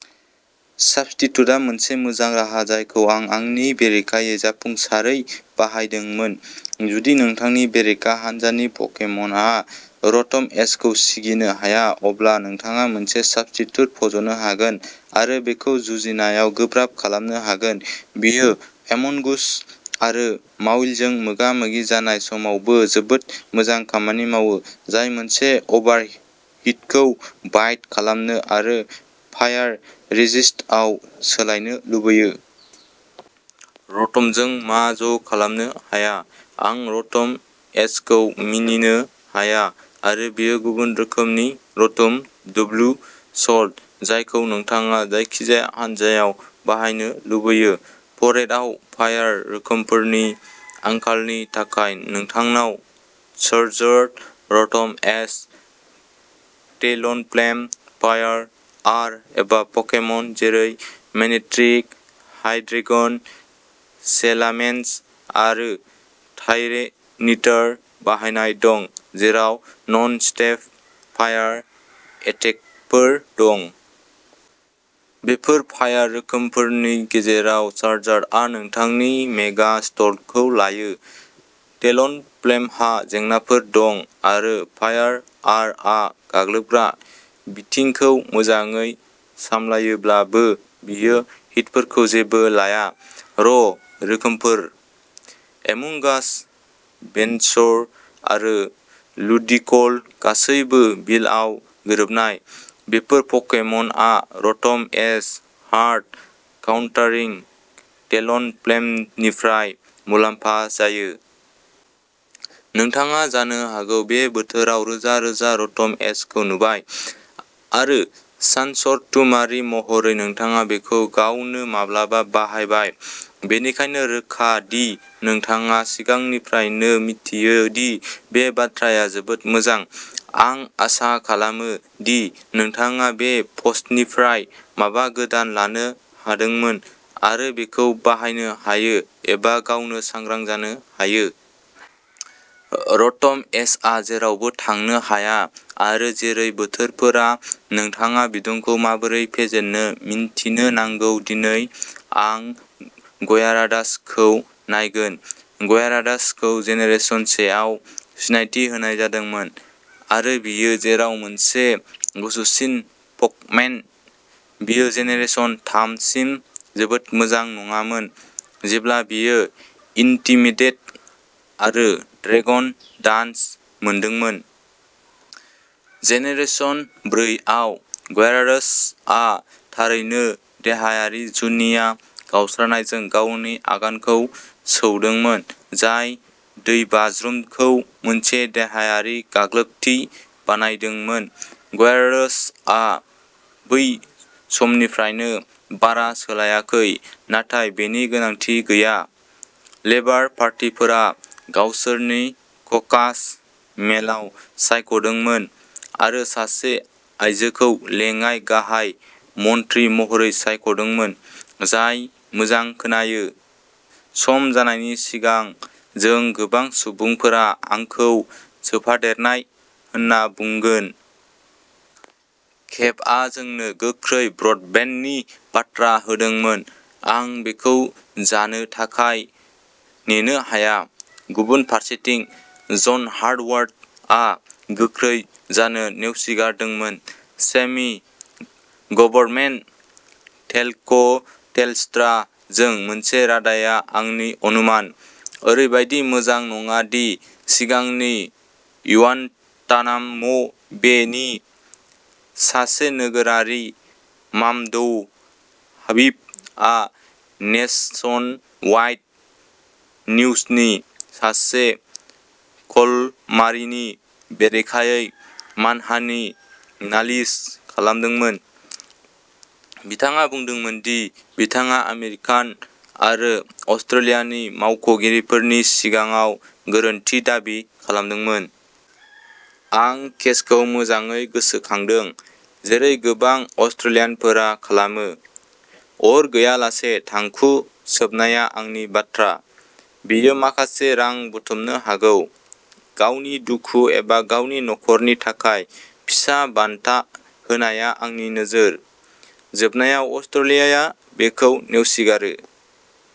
साबस्टिट्युटआ मोनसे मोजां राहा जायखौ आं आंनि बेरेखायै जाफुंसारै बाहायदोंमोन, जुदि नोंथांनि बेरेखा हान्जानि पकेमनआ र'ट'म एचखौ सिगिनो हाया, अब्ला नोंथाङा मोनसे साबस्टिट्युट फज'नो हागोन आरो बेखौ जुजिनायाव गोब्राब खालामनो हागोन। बेयो एम'नगुस आरो माविलजों मोगा-मोगि जानाय समावबो जोबोद मोजां खामानि मावो, जाय मोनसे अभारहिटखौ बाइट खालामनो आरो फायार रेजिस्टआव सोलायनो लुबैयो। र'ट'मजों मा ज' खालामनो हाया? आं र'ट'म एचखौ मिनिनो हाया आरो बेयो गुबुन रोखोमनि र'ट'म डब्ल्यू स्लट, जायखौ नोंथाङा जायखिजाया हानजायाव बाहायनो लुबैयो। फ'रेटआव फायार रोखोमफोरनि आंखालनि थाखाय नोंथांनाव Charizard, Rotom H, Talonflame, Pyroar एबा पकेमन जेरै मेनेक्ट्रिक, हाइड्रेगन, सेलामेन्स आरो टायरेनिटार बाहायनाय दं, जेराव नन स्टेब फायार एटेकफोर दं। बेफोर फायार रोखोमफोरनि गेजेराव चारजार्डआ नोंथांनि मेगा स्टलखौ लायो, टेलनफ्लेमहा जेंनाफोर दं आरो पायरआरआ गाग्लोबग्रा बिथिंखौ मोजाङै सामलायोब्लाबो बेयो हिटफोरखौ जेबो लाया। र' रोखोमफोर। एमुंगास, भेनस'र आरो लुडिक'ल गासैबो बिलआव गोरोबनाय। बेफोर पकेमनआ र'ट'म एच हार्ड काउन्टारिं टेलनफ्लेमनिफ्राय मुलाम्फा जायो। नोंथाङा जानो हागौ बे बोथोराव रोजा-रोजा र'ट'म एचखौ नुबाय, आरो सानसरथुमारि महरै नोंथाङा बेखौ गावनो माब्लाबा बाहायबाय। बेनिखायनो रोखा दि नोंथाङा सिगांनिफ्रायनो मिथियो दि बे बाथ्राया जोबोद मोजां। आं आसा खालामो दि नोंथाङा बे पस्टनिफ्राय माबा गोदान लानो हादोंमोन आरो बेखौ बाहायनो हायो एबा गावनो सांग्रां जानो हायो। र'ट'म एचआ जेरावबो थांनो हाया आरो जेरै बोथोरफोरा नोंथाङा बिदुंखौ माबोरै फेजेननो मिन्थिनो नांगौ दिनै आं गयाराडासखौ नायगोन। गयाराडासखौ जेनेरेशन से आव सिनायथि होनाय जादोंमोन, आरो बेयो जेराव मोनसे गुसुसिन प'कमेन, बेयो जेनेरेशन थाम सिम जोबोद मोजां नङामोन जेब्ला बेयो इन्टिमिडेट आरो ड्रेगन डान्स मोनदोंमोन। जेनेरेशन ब्रै आव गयाराडासआ थारैनो देहायारि जुनिया गावस्रानायजों गावनि आगानखौ सौदोंमोन, जाय दैबाज्रुमखौ मोनसे देहायारि गाग्लोबथि बानायदोंमोन। गयारासआ बै समनिफ्रायनो बारा सोलायाखै, नाथाय बेनि गोनांथि गैया। लेबार पार्टीफोरा गावसोरनि ककास मेलाव सायख'दोंमोन आरो सासे आयजोखौ लेङाइ गाहाय मन्थ्रि महरै सायख'दोंमोन, जाय मोजां खोनायो, सम जानायनि सिगां जों गोबां सुबुंफोरा आंखौ सोफादेरनाय होनना बुंगोन। केभआ जोंनो गोख्रै ब्रडबेन्डनि बाथ्रा होदोंमोन, आं बेखौ जानो थाखाय नेनो हाया, गुबुन फारसेथिं जन हारवार्डआ गोख्रै जानो नेवसिगारदोंमोन सेमि गभर्नमेन्ट टेलक'टेलस्ट्रा जों मोनसे रादाया आंनि अनुमान। ओरैबायदि मोजां नङा दि सिगांनि उयानतानाम' बेनि सासे नोगोरारि मामदौ हाबिबआ नेशनवाइड निउजनि सासे कलमारिनि बेरेखायै मानहानि नालिस खालामदोंमोन, बिथाङा बुंदोंमोन दि बिथाङा आमेरिकान आरो अस्ट्रेलियानि मावख'गिरिफोरनि सिगाङाव गोरोन्थि दाबि खालामदोंमोन। आं केसखौ मोजाङै गोसोखांदों, जेरै गोबां अस्ट्रेलियानफोरा खालामो। अर गैयालासे थांखु सोबनाया आंनि बाथ्रा, बियो माखासे रां बुथुमनो हागौ, गावनि दुखु एबा गावनि नखरनि थाखाय फिसा बान्था होनाया आंनि नोजोर। जोबनायाव अस्ट्रेलियाया बेखौ नेवसिगारो।